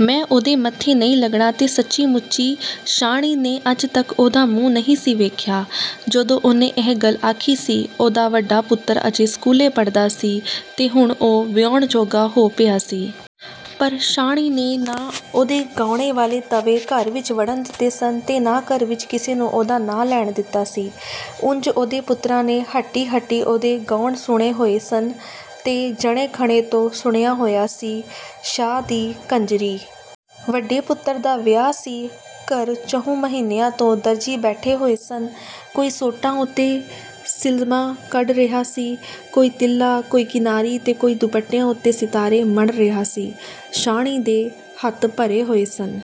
ਮੈਂ ਉਹਦੇ ਮੱਥੇ ਨਹੀਂ ਲੱਗਣਾ ਤੇ ਸੱਚੀ-ਮੁੱਚੀ ਸ਼ਾਹਣੀ ਨੇ ਅੱਜ ਤੱਕ ਉਹਦਾ ਮੂੰਹ ਨਹੀਂ ਸੀ ਵੇਖਿਆ। ਜਦੋਂ ਉਹਨੇ ਇਹ ਗੱਲ ਆਖੀ ਸੀ, ਉਹਦਾ ਵੱਡਾ ਪੁੱਤਰ ਅਜੇ ਸਕੂਲੇ ਪੜ੍ਹਦਾ ਸੀ, ਤੇ ਹੁਣ ਉਹ ਵਿਆਹੁਣ ਜੋਗਾ ਹੋ ਪਿਆ ਸੀ। ਪਰ ਸ਼ਾਹਣੀ ਨੇ ਨਾ ਉਹਦੇ ਗਾਉਣਾਂ ਵਾਲੇ ਤਵੇ ਘਰ ਵਿਚ ਵੜਣ ਦਿੱਤੇ ਸਨ, ਤੇ ਨਾ ਘਰ ਵਿਚ ਕਿਸੇ ਨੂੰ ਉਹਦਾ ਨਾਂ ਲੈਣ ਦਿੱਤਾ ਸੀ। ਉਂਜ ਉਹਦੇ ਪੁੱਤਰਾਂ ਨੇ ਹੱਟੀ-ਹੱਟੀ ਉਹਦੇ ਗਾਉਣ ਸੁਣੇ ਹੋਏ ਸਨ, ਤੇ ਜਣੇ-ਖਣੇ ਤੋਂ ਸੁਣਿਆ ਹੋਇਆ ਸੀ, "ਸ਼ਾਹ ਦੀ ਕੰਜਰੀ।" ਵੱਡੇ ਪੁੱਤਰ ਦਾ ਵਿਆਹ ਸੀ। ਘਰ ਚਹੁੰ ਮਹੀਨਿਆਂ ਤੋਂ ਦਰਜ਼ੀ ਬੈਠੇ ਹੋਏ ਸਨ। ਕੋਈ ਸੂਟਾਂ ਉੱਤੇ ਸਿਲਮਾ ਕੱਢ ਰਿਹਾ ਸੀ, ਕੋਈ ਤਿੱਲਾ, ਕੋਈ ਕਿਨਾਰੀ ਤੇ ਕੋਈ ਦੁਪੱਟਿਆਂ ਉੱਤੇ ਸਿਤਾਰੇ ਮੜ੍ਹ ਰਿਹਾ ਸੀ। ਸ਼ਾਹਣੀ ਦੇ ਹੱਥ ਭਰੇ ਹੋਏ ਸਨ।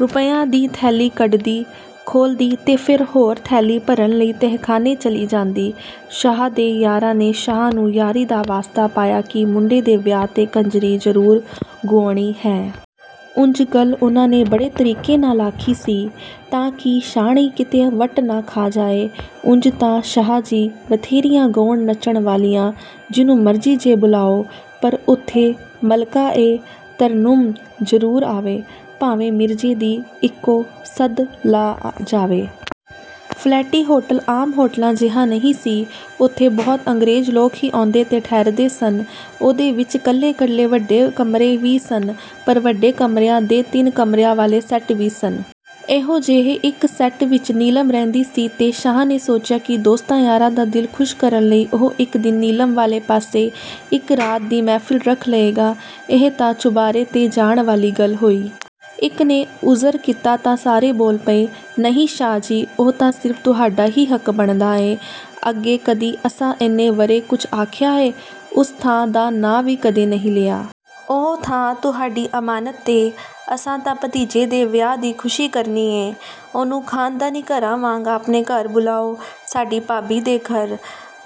ਰੁਪਈਆਂ ਦੀ ਥੈਲੀ ਕੱਢਦੀ, ਖੋਲ੍ਹਦੀ, ਤੇ ਫੇਰ ਹੋਰ ਥੈਲੀ ਭਰਨ ਲਈ ਤਹਿਖਾਨੇ ਚਲੀ ਜਾਂਦੀ। ਸ਼ਾਹ ਦੇ ਯਾਰਾਂ ਨੇ ਸ਼ਾਹ ਨੂੰ ਯਾਰੀ ਦਾ ਵਾਸਤਾ ਪਾਇਆ ਕਿ ਮੁੰਡੇ ਦੇ ਵਿਆਹ ਤੇ ਕੰਜਰੀ ਜ਼ਰੂਰ ਗੁਆਉਣੀ ਹੈ। ਉਂਜ ਗੱਲ ਉਹਨਾਂ ਨੇ ਬੜੇ ਤਰੀਕੇ ਨਾਲ ਆਖੀ ਸੀ, ਤਾਂ ਕਿ ਸ਼ਾਹਣੀ ਕਿਤੇ ਵੱਟ ਨਾ ਖਾ ਜਾਏ। "ਉਂਜ ਤਾਂ ਸ਼ਾਹ ਜੀ, ਬਥੇਰੀਆਂ ਗਾਉਣ-ਨੱਚਣ ਵਾਲੀਆਂ, ਜਿਹਨੂੰ ਮਰਜ਼ੀ ਜੇ ਬੁਲਾਉ। ਪਰ ਉੱਥੇ ਮਲਕਾ-ਏ-ਤਰੰਨੁਮ ਜ਼ਰੂਰ ਆਵੇ, ਭਾਵੇਂ ਮਿਰਜ਼ੇ ਦੀ ਇਕੋ ਸੱਦ ਲਾ ਜਾਵੇ।" ਫਲੈਟੀ ਹੋਟਲ ਆਮ ਹੋਟਲਾਂ ਜਿਹਾ ਨਹੀਂ ਸੀ। ਉੱਥੇ ਬਹੁਤ ਅੰਗਰੇਜ਼ ਲੋਕ ਹੀ ਆਉਂਦੇ ਤੇ ਠਹਿਰਦੇ ਸਨ। ਉਹਦੇ ਵਿਚ ਕੱਲੇ-ਕੱਲੇ ਵੱਡੇ ਕਮਰੇ ਵੀ ਸਨ, ਪਰ ਵੱਡੇ ਕਮਰਿਆਂ ਦੇ ਤਿੰਨ ਕਮਰਿਆਂ ਵਾਲੇ ਸੈੱਟ ਵੀ ਸਨ। ਇਹੋ ਜਿਹੇ ਇੱਕ ਸੈੱਟ ਵਿਚ ਨੀਲਮ ਰਹਿੰਦੀ ਸੀ ਤੇ ਸ਼ਾਹ ਨੇ ਸੋਚਿਆ ਕਿ ਦੋਸਤਾਂ-ਯਾਰਾਂ ਦਾ ਦਿਲ ਖੁਸ਼ ਕਰਨ ਲਈ ਉਹ ਇੱਕ ਦਿਨ ਨੀਲਮ ਵਾਲੇ ਪਾਸੇ ਇੱਕ ਰਾਤ ਦੀ ਮਹਿਫ਼ਲ ਰੱਖ ਲਏਗਾ। "ਇਹ ਤਾਂ ਚੁਬਾਰੇ ਤੇ ਜਾਣ ਵਾਲੀ ਗੱਲ ਹੋਈ।" ਇੱਕ ਨੇ ਉਜ਼ਰ ਕੀਤਾ ਤਾਂ ਸਾਰੇ ਬੋਲ ਪਏ, "ਨਹੀਂ ਸ਼ਾਹ ਜੀ, ਉਹ ਤਾਂ ਸਿਰਫ਼ ਤੁਹਾਡਾ ਹੀ ਹੱਕ ਬਣਦਾ ਏ। ਅੱਗੇ ਕਦੀ ਅਸਾਂ ਏਨੇ ਵਰ੍ਹੇ ਕੁਝ ਆਖਿਆ ਏ? ਉਸ ਥਾਂ ਦਾ ਨਾਂ ਵੀ ਕਦੇ ਨਹੀਂ ਲਿਆ। ਉਹ ਥਾਂ ਤੁਹਾਡੀ ਅਮਾਨਤ ਏ। ਅਸਾਂ ਤਾਂ ਭਤੀਜੇ ਦੇ ਵਿਆਹ ਦੀ ਖੁਸ਼ੀ ਕਰਨੀ ਏ। ਉਹਨੂੰ ਖਾਨਦਾਨੀ ਘਰਾਂ ਵਾਂਗ ਆਪਣੇ ਘਰ ਬੁਲਾਉ, ਸਾਡੀ ਭਾਬੀ ਦੇ ਘਰ..."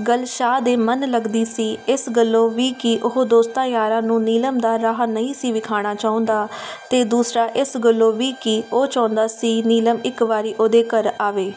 ਗੱਲ ਸ਼ਾਹ ਦੇ ਮਨ ਲੱਗਦੀ ਸੀ। ਏਸ ਗੱਲੋਂ ਵੀ ਕਿ ਉਹ ਦੋਸਤਾਂ-ਯਾਰਾਂ ਨੂੰ ਨੀਲਮ ਦਾ ਰਾਹ ਨਹੀਂ ਸੀ ਵਿਖਾਣਾ ਚਾਹੁੰਦਾ, ਤੇ ਦੂਸਰਾ ਏਸ ਗੱਲੋਂ ਵੀ ਕਿ ਉਹ ਚਾਹੁੰਦਾ ਸੀ ਨੀਲਮ ਇੱਕ ਵਾਰੀ ਉਹਦੇ ਘਰ ਆਵੇ...।